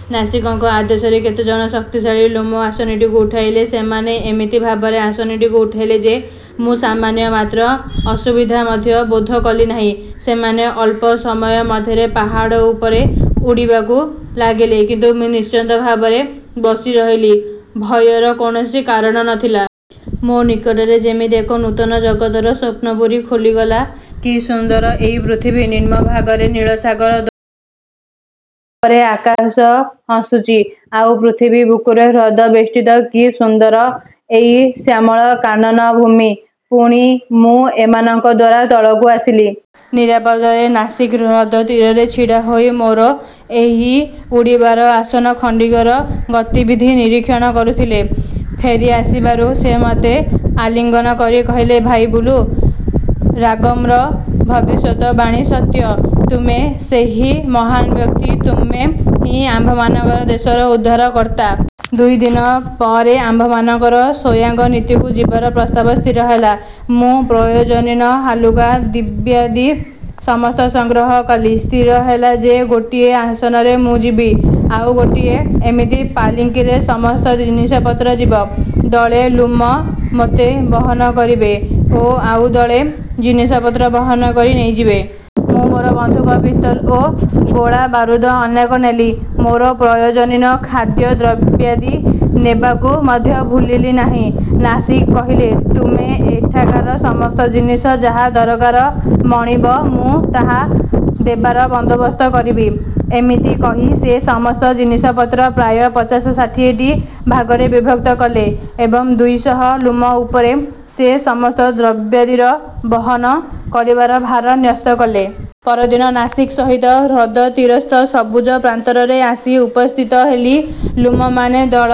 '' ନାସିଗ୍ଙ୍କ ଆଦେଶରେ କେତେଜଣ ଶକ୍ତିଶାଳୀ ଲ୍ଲୁମ ଆସନଟିକୁ ଉଠାଇଲେ। ସେମାନେ ଏମିତି ଭାବରେ ଆସନଟିକୁ ଉଠାଇଲେ ଯେ, ମୁଁ ସାମାନ୍ୟ ମାତ୍ର ଅସୁବିଧା ମଧ୍ୟ ବୋଧ କଲିନାହିଁ। ସେମାନେ ଅଳ୍ପ ସମୟ ମଧ୍ୟରେ ପାହାଡ଼ ଉପରେ ଉଡ଼ିବାକୁ ଲାଗିଲେ। ମୁଁ ନିଶ୍ଚିନ୍ତ ଭାବରେ ବସିରହିଲି, ଭୟର କୌଣସି କାରଣ ନ ଥିଲା। ମୋ ନିକଟରେ ଯେମିତି ଏକ ନୂତନ ଜଗତର ସ୍ୱପ୍ନପୁରୀ ଖୋଲିଗଲା। କି ସୁନ୍ଦର ଏଇ ପୃଥିବୀ! ନିମ୍ନ ଭାଗରେ ନୀଳସାଗର ଦୋହଲି ଉଠୁଛି। ଉପରେ ଆକାଶ ହସୁଛି। ଆଉ ପୃଥିବୀ ବୁକୁରେ ହ୍ରଦ ବେଷ୍ଟିତ କି ସୁନ୍ଦର ଏଇ ଶ୍ୟାମଳ କାନନ ଭୂମି! ପୁଣି ମୁଁ ଏମାନଙ୍କ ଦ୍ୱାରା ତଳକୁ ଆସିଲି। ନିରାପଦରେ। ନାସିଗ୍ ହ୍ରଦ ତୀରରେ ଛିଡ଼ା ହୋଇ ମୋର ଏହି ଉଡ଼ିବାର ଆସନ ଖଣ୍ଡିକର ଗତିବିଧି ନିରୀକ୍ଷଣ କରୁଥିଲେ। ଫେରିଆସିବାରୁ ସେ ମୋତେ ଆଲିଙ୍ଗନ କରି କହିଲେ, ''ଭାଇ ବୁଲୁ! ରାଗମ୍ର ଭବିଷ୍ୟତ ବାଣୀ ସତ୍ୟ। ତୁମେ ସେହି ମହାନ୍ ବ୍ୟକ୍ତି। ତୁମେ ହିଁ ଆମ୍ଭମାନଙ୍କ ଦେଶର ଉଦ୍ଧାର କର୍ତ୍ତା। '' ଦୁଇଦିନ ପରେ ଆମ୍ଭମାନଙ୍କର ସୋୟାଙ୍ଗନିତିକୁ ଯିବାର ପ୍ରସ୍ତାବ ସ୍ଥିର ହେଲା। ମୁଁ ପ୍ରୟୋଜନୀୟ ହାଲୁକା ଦ୍ରବ୍ୟାଦି ସମସ୍ତ ସଂଗ୍ରହ କଲି। ସ୍ଥିର ହେଲା ଯେ ଗୋଟିଏ ଆସନରେ ମୁଁ ଯିବି, ଆଉ ଗୋଟିଏ ଏମିତି ପାଲିଙ୍କିରେ ସମସ୍ତ ଜିନିଷପତ୍ର ଯିବ। ଦଳେ ଲ୍ଲୁମ ମୋତେ ବହନ କରିବେ ଓ ଆଉ ଦଳେ ଜିନିଷପତ୍ର ବହନକରି ନେଇଯିବେ। ମୁଁ ମୋର ବନ୍ଧୁକ, ପିସ୍ତଲ ଓ ଗୋଳାବାରୁଦ ଅନେକ ନେଲି। ମୋର ପ୍ରୟୋଜନୀୟ ଖାଦ୍ୟଦ୍ରବ୍ୟାଦି ନେବାକୁ ମଧ୍ୟ ଭୁଲିଲି ନାହିଁ-। ନାସିଗ୍ କହିଲେ, ''ତୁମେ ଏଠାକାର ସମସ୍ତ ଜିନିଷ ଯାହା ଦରକାର ମଣିବ ମୁଁ ତାହା ଦେବାର ବନ୍ଦୋବସ୍ତ କରିବି। '' ଏମିତି କହି ସେ ସମସ୍ତ ଜିନିଷପତ୍ର ପ୍ରାୟ ପଚାଶ ଷାଠିଏଟି ଭାଗରେ ବିଭକ୍ତ କଲେ ଏବଂ ଦୁଇ ଶହ ଲ୍ଲୁମ ଉପରେ ସେ ସମସ୍ତ ଦ୍ରବ୍ୟାଦିର ବହନ କରବାର ଭାର ନ୍ୟସ୍ତ କଲେ। ପରଦିନ ନାସିଗ୍ ସହିତ ହ୍ରଦତୀରସ୍ଥ ସବୁଜ ପ୍ରାନ୍ତରରେ ଆସି ଉପସ୍ଥିତ ହେଲି। ଲ୍ଲୁମମାନେ ଦଳ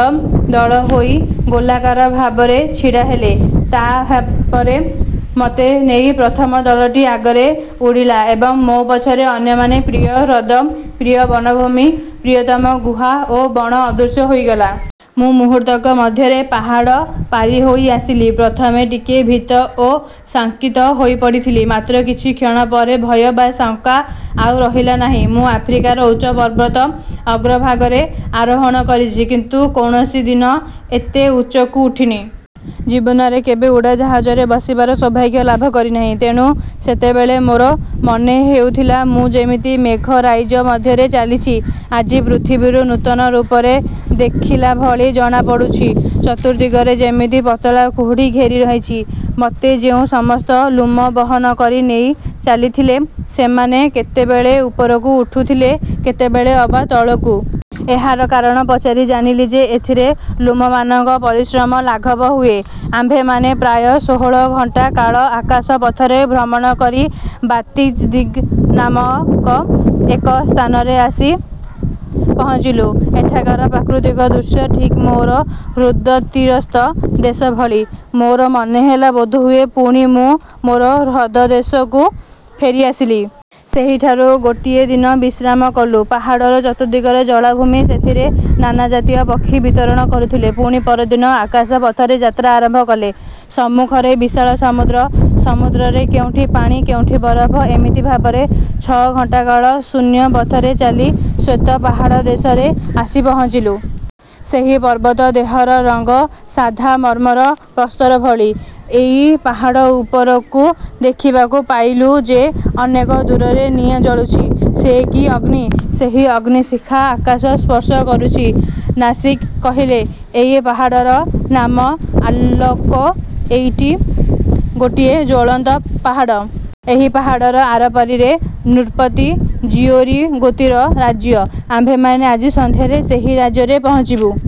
ଦଳ ହୋଇ ଗୋଲାକାର ଭାବରେ ଛିଡ଼ାହେଲେ। ତାହାପରେ ମୋତେ ନେଇ ପ୍ରଥମ ଦଳଟି ଆଗରେ ଉଡ଼ିଲା ଏବଂ ମୋ ପଛରେ ଅନ୍ୟମାନେ। ପ୍ରିୟ ହ୍ରଦ, ପ୍ରିୟ ବନଭୂମି, ପ୍ରିୟତମ ଗୁହା ଓ ବଣ ଅଦୃଶ୍ୟ ହୋଇଗଲା। ମୁଁ ମୁହୂର୍ତ୍ତକ ମଧ୍ୟରେ ପାହାଡ଼ ପାରିହୋଇ ଆସିଲି। ପ୍ରଥମେ ଟିକିଏ ଭୀତ ଓ ଶଙ୍କିତ ହୋଇପଡ଼ିଥିଲି, ମାତ୍ର କିଛି କ୍ଷଣ ପରେ ଭୟ ବା ଶଙ୍କା ଆଉ ରହିଲା ନାହିଁ। ମୁଁ ଆଫ୍ରିକାର ଉଚ୍ଚ ପର୍ବତ ଅଗ୍ରଭାଗରେ ଆରୋହଣ କରିଛି, କିନ୍ତୁ କୌଣସି ଦିନ ଏତେ ଉଚ୍ଚକୁ ଉଠିନି। ଜୀବନରେ କେବେ ଉଡ଼ାଜାହାଜରେ ବସିବାର ସୌଭାଗ୍ୟ ଲାଭ କରିନାହିଁ। ତେଣୁ ସେତେବେଳେ ମୋର ମନେହେଉଥିଲା, ମୁଁ ଯେମିତି ମେଘ ରାଇଜ ମଧ୍ୟରେ ଚାଲିଛି। ଆଜି ପୃଥିବୀକୁ ନୂତନ ରୂପରେ ଦେଖିଲାଭଳି ଜଣାପଡ଼ୁଛି। ଚତୁର୍ଦ୍ଦିଗରେ ଯେମିତି ପତଳା କୁହୁଡ଼ି ଘେରିରହିଛି। ମୋତେ ଯେଉଁ ସମସ୍ତ ଲ୍ଲୁମ ବହନ କରି ନେଇ ଚାଲିଥିଲେ, ସେମାନେ କେତେବେଳେ ଉପରକୁ ଉଠୁଥିଲେ, କେତେବେଳେ ଅବା ତଳକୁ। ଏହାର କାରଣ ପଚାରି ଜାଣିଲି ଯେ ଏଥିରେ ଲ୍ଲୁମମାନଙ୍କର ପରିଶ୍ରମ ଲାଘବ ହୁଏ। ଆମ୍ଭେମାନେ ପ୍ରାୟ ଷୋହଳ ଘଣ୍ଟା କାଳ ଆକାଶ ପଥରେ ଭ୍ରମଣ କରି ବାତିଜଦ୍ରିଗ୍ ନାମକ ଏକ ସ୍ଥାନରେ ଆସି ପହଞ୍ଚିଲୁ। ଏଠାକାର ପ୍ରାକୃତିକ ଦୃଶ୍ୟ ଠିକ୍ ମୋର ହ୍ରଦତୀରସ୍ଥ ଦେଶଭଳି। ମୋର ମନେହେଲା, ବୋଧହୁଏ ପୁଣି ମୁଁ ମୋର ହ୍ରଦ ଦେଶକୁ ଫେରିଆସିଲି। ସେହିଠାରେ ଗୋଟିଏ ଦିନ ବିଶ୍ରାମ କଲୁଁ। ପାହାଡ଼ର ଚତୁର୍ଦ୍ଦିଗରେ ଜଳାଭୂମି, ସେଥିରେ ନାନାଜାତୀୟ ପକ୍ଷୀ ବିଚରଣ କରୁଥିଲେ। ପୁଣି ପରଦିନ ଆକାଶ ପଥରେ ଯାତ୍ରା ଆରମ୍ଭ ହେଲା। ସମ୍ମୁଖରେ ବିଶାଳ ସମୁଦ୍ର। ସମୁଦ୍ରରେ କେଉଁଠି ପାଣି, କେଉଁଠି ବରଫ, ଏମିତି ଭାବରେ ଛ' ଘଣ୍ଟାକାଳ ଶୂନ୍ୟ ପଥରେ ଚାଲି ଶ୍ୱେତ ପାହାଡ଼ ଦେଶରେ ଆସି ପହଞ୍ଚିଲୁ। ସେହି ପର୍ବତ ଦେହର ରଙ୍ଗ ସାଧା ମର୍ମ୍ମର ପ୍ରସ୍ତରଭଳି। ଏଇ ପାହାଡ଼ ଉପରକୁ ଦେଖିବାକୁ ପାଇଲୁ ଯେ ଅନେକ ଦୂରରେ ନିଆଁ ଜଳୁଛି। ସେ କି ଅଗ୍ନି? ସେହି ଅଗ୍ନିଶିଖା ଆକାଶ ସ୍ପର୍ଶ କରୁଛି। ନାସିଗ୍ କହିଲେ, ''ଏଇ ପାହାଡ଼ର ନାମ ଆଲକୋ। ଏଇଟି ଗୋଟିଏ ଜ୍ୱଳନ୍ତ ପାହାଡ଼। ଏହି ପାହାଡ଼ର ଆରପାରିରେ ନୃପତି ଜିଓରିଗୋତିର ରାଜ୍ୟ। ଆମ୍ଭେମାନେ ଆଜି ସନ୍ଧ୍ୟାରେ ସେହି ରାଜ୍ୟରେ ପହଞ୍ଚିବୁ।